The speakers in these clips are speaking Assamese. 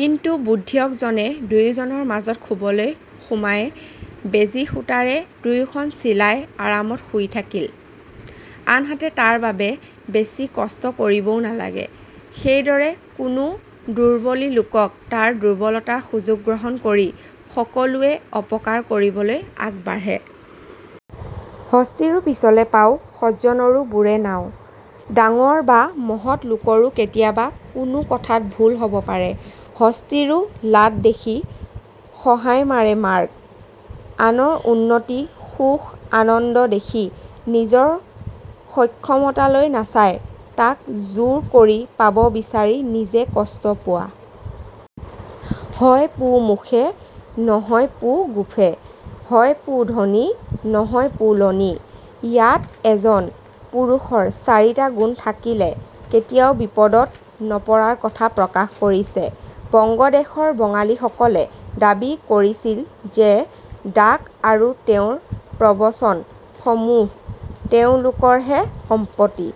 কিন্তু বুদ্ধিয়কজনে দুয়োজনৰ মাজত শুবলৈ সোমাই বেজি-সূঁতাৰে দুয়োখন চিলাই আৰামত শুই থাকিল। আনহাতে তাৰ বাবে বেছি কষ্ট কৰিবও নালাগে। সেই দৰে কোনো দুৰ্বলি লোকক তাৰ দুৰ্বলতাৰ সুযোগ গ্ৰহণ কৰি সকলোৱে অপকাৰ কৰিবলৈ আগবাঢ়ে। হস্তিৰো পিছলে পাৱ, সজ্জনৰো বুৰে নাৱ: ডাঙৰ বা মহৎ লোকৰো কেতিয়াবা কোনো কথাত ভুল হ'ব পাৰে। হস্তিৰো লাড দেখি শহাই মাৰে মাৰ্গ: আনৰ উন্নতি, সুখ, আনন্দ দেখি নিজৰ সক্ষমতালৈ নাচাই তাক জোৰ কৰি পাব বিচাৰি নিজে কষ্ট পোৱা। হয় পো মুখে, নহয় পো গুফে, হয় পো ধনী, নহয় পো লনি: ইয়াত এজন পুৰুষৰ চাৰিটা গুণ থাকিলে কেতিয়াও বিপদত নপৰাৰ কথা প্ৰকাশ কৰিছে। বংগদেশৰ বাঙালীসকলে দাবী কৰিছিল যে ডাক আৰু তেওঁৰ প্ৰবচন সমূহ তেওঁলোকৰহে সম্পত্তি।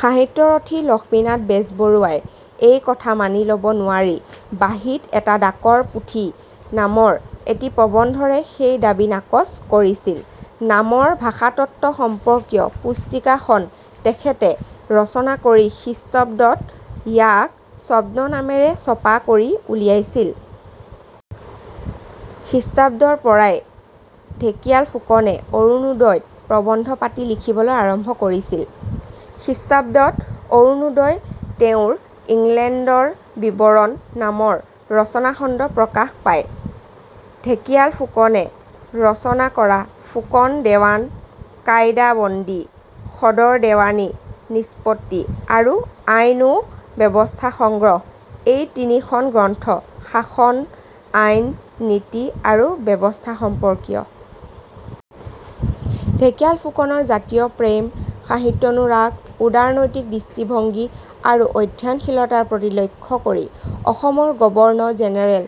সাহিত্যৰথী লক্ষ্মীনাথ বেজবৰুৱা ই এই কথা মানি ল'ব নোৱাৰি "বাঁহী"ত এটা "ডাকৰ পুথি" নামৰ এটি প্ৰবন্ধৰে সেই দাবী নাকচ কৰিছিল।। নামৰ ভাষাতত্ত্ব সম্পৰ্কীয় পুস্তিকাখন তেখেতে ৰচনা কৰি খ্ৰীঃত ইয়াক ছদ্মনামেৰে ছপা কৰি উলিয়াইছিল। খ্ৰীঃৰ পৰাই ঢেকিয়াল ফুকনে অৰুনোদইত প্ৰবন্ধ পাতি লিখিবলৈ আৰম্ভ কৰিছিল। খ্ৰীঃত অৰুনোদইত তেওঁৰ "ইংলেণ্ডৰ বিৱৰণ" নামৰ ৰচনাখণ্ড প্ৰকাশ পায়। ঢেকিয়াল ফুকনে ৰচনা কৰা ফুকন দেৱান কায়দা বন্দী, সদৰ দেৱানী নিষ্পত্তি আৰু আইন ও ব্যৱস্থা সংগ্ৰহ এই তিনিখন গ্ৰন্থ শাসন, আইন, নীতি আৰু ব্যৱস্থা সম্পৰ্কীয়। ঢেকিয়াল ফুকনৰ জাতীয় প্ৰেম, সাহিত্যানুৰাগ, উদাৰনৈতিক দৃষ্টিভংগী আৰু অধ্যয়নশীলতাৰ প্ৰতি লক্ষ্য কৰি অসমৰ গৱৰ্ণৰ জেনেৰেল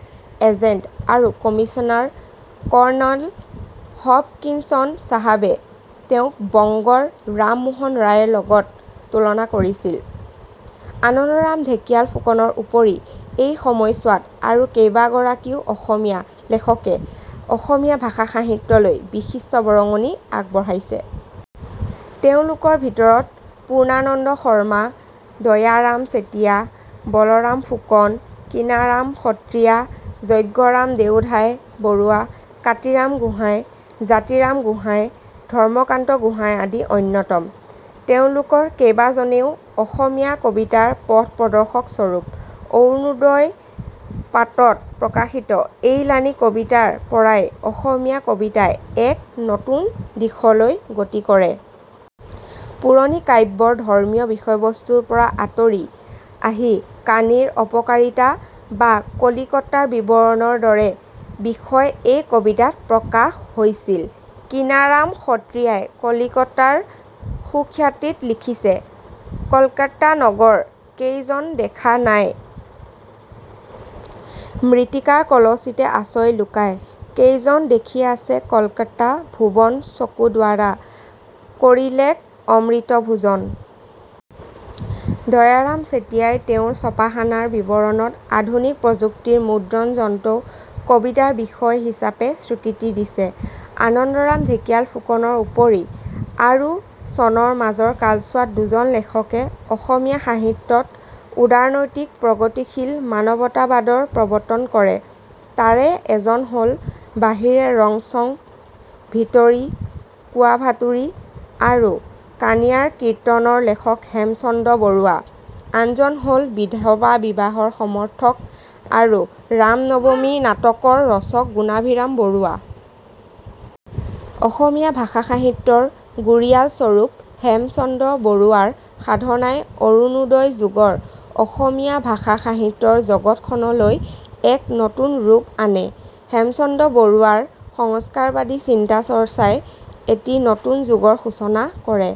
এজেণ্ট আৰু কমিচনাৰ কৰ্ণল হপকিনচন চাহাবে তেওঁক বংগৰ ৰামমোহন ৰায়ৰ লগত তুলনা কৰিছিল। আনন্দৰাম ঢেকিয়াল ফুকনৰ উপৰি এই সময়ছোৱাত আৰু কেইবাগৰাকীও অসমীয়া লেখকে অসমীয়া ভাষা-সাহিত্যলৈ বিশিষ্ট বৰঙণি আগবঢাইছে। তেওঁলোকৰ ভিতৰত পূৰ্ণানন্দ শৰ্মা, দয়াৰাম চেতিয়া, বলৰাম ফুকন, কিনাৰাম সত্ৰিয়া, যজ্ঞৰাম দেওধাই বৰুৱা, কাতিৰাম গোঁহাই, জাতিৰাম গোহাঁই, ধৰ্মকান্ত গোহাঁই আদি অন্যতম। তেওঁলোকৰ কেইবাজনেও অসমীয়া কবিতাৰ প্ৰথ প্ৰদৰ্শক স্বৰূপ। অৰুনোদইৰ পাতত প্ৰকাশিত এইলানি কাবিতাৰ পৰাই অসমীয়া কবিতাই এক নতুন দিশলৈ গতি কৰে। পুৰণি কাব্যৰ ধৰ্মীয় বিষয়বস্তুৰ পৰা আঁতৰি আহি কানিৰ অপকাৰিতা বা কলিকতাৰ বিৱৰণৰ দৰে বিষয় এই কবিতাত প্ৰকাশ হৈছিল। কিনাৰাম সত্ৰিয়াই ' কলিকতাৰ সুখিয়াতি 'ত লিখিছে- কল্কতা নগৰ কেইজন দেখা নাই ম্ৰিতিকাৰ কলচিতে আচই লুকাই; কেইজন দেখি আচে কল্কতা ভুৱন চকুদ্বাৰা কৰিলেক অম্ৰিত ভোজন। দয়াৰাম চেতিয়াই তেওঁৰ 'চপাখানাৰ বিৱৰণ'ত আধুনিক প্ৰযুক্তিৰ মুদ্ৰণ যন্ত্ৰও কবিতাৰ বিষয় হিচাপে স্বীকৃতি দিছে। আনন্দৰাম ঢেকিয়াল ফুকনৰ উপৰি আৰু চনৰ মাজৰ কালছোৱাত দুজন লেখকে অসমীয়া সাহিত্যত উদাৰনৈতিক প্ৰগতিশীল মানৱতাবাদৰ প্ৰৱৰ্তন কৰে। তাৰে এজন হ'ল বাহিৰে ৰং চং, ভিতৰি কোৱাভাতুৰি আৰু কানীয়াৰ কীৰ্তন ৰ লেখক হেমচন্দ্ৰ বৰুৱা আনজন হ'ল বিধৱা বিবাহৰ সমৰ্থক আৰু ৰাম-নৱমী নাটকৰ ৰচক গুণাভিৰাম বৰুৱা। অসমীয়া ভাষা-সাহিত্যৰ গুৰিয়ালস্বৰূপ হেমচন্দ্ৰ বৰুৱাৰ সাধনাই অৰুণোদয় যুগৰ অসমীয়া ভাষা-সাহিত্যৰ জগতখনলৈ এক নতুন ৰূপ আনে। হেমচন্দ্ৰ বৰুৱাৰ সংস্কাৰবাদী চিন্তা-চৰ্চাই এটি নতুন যুগৰ সূচনা কৰে।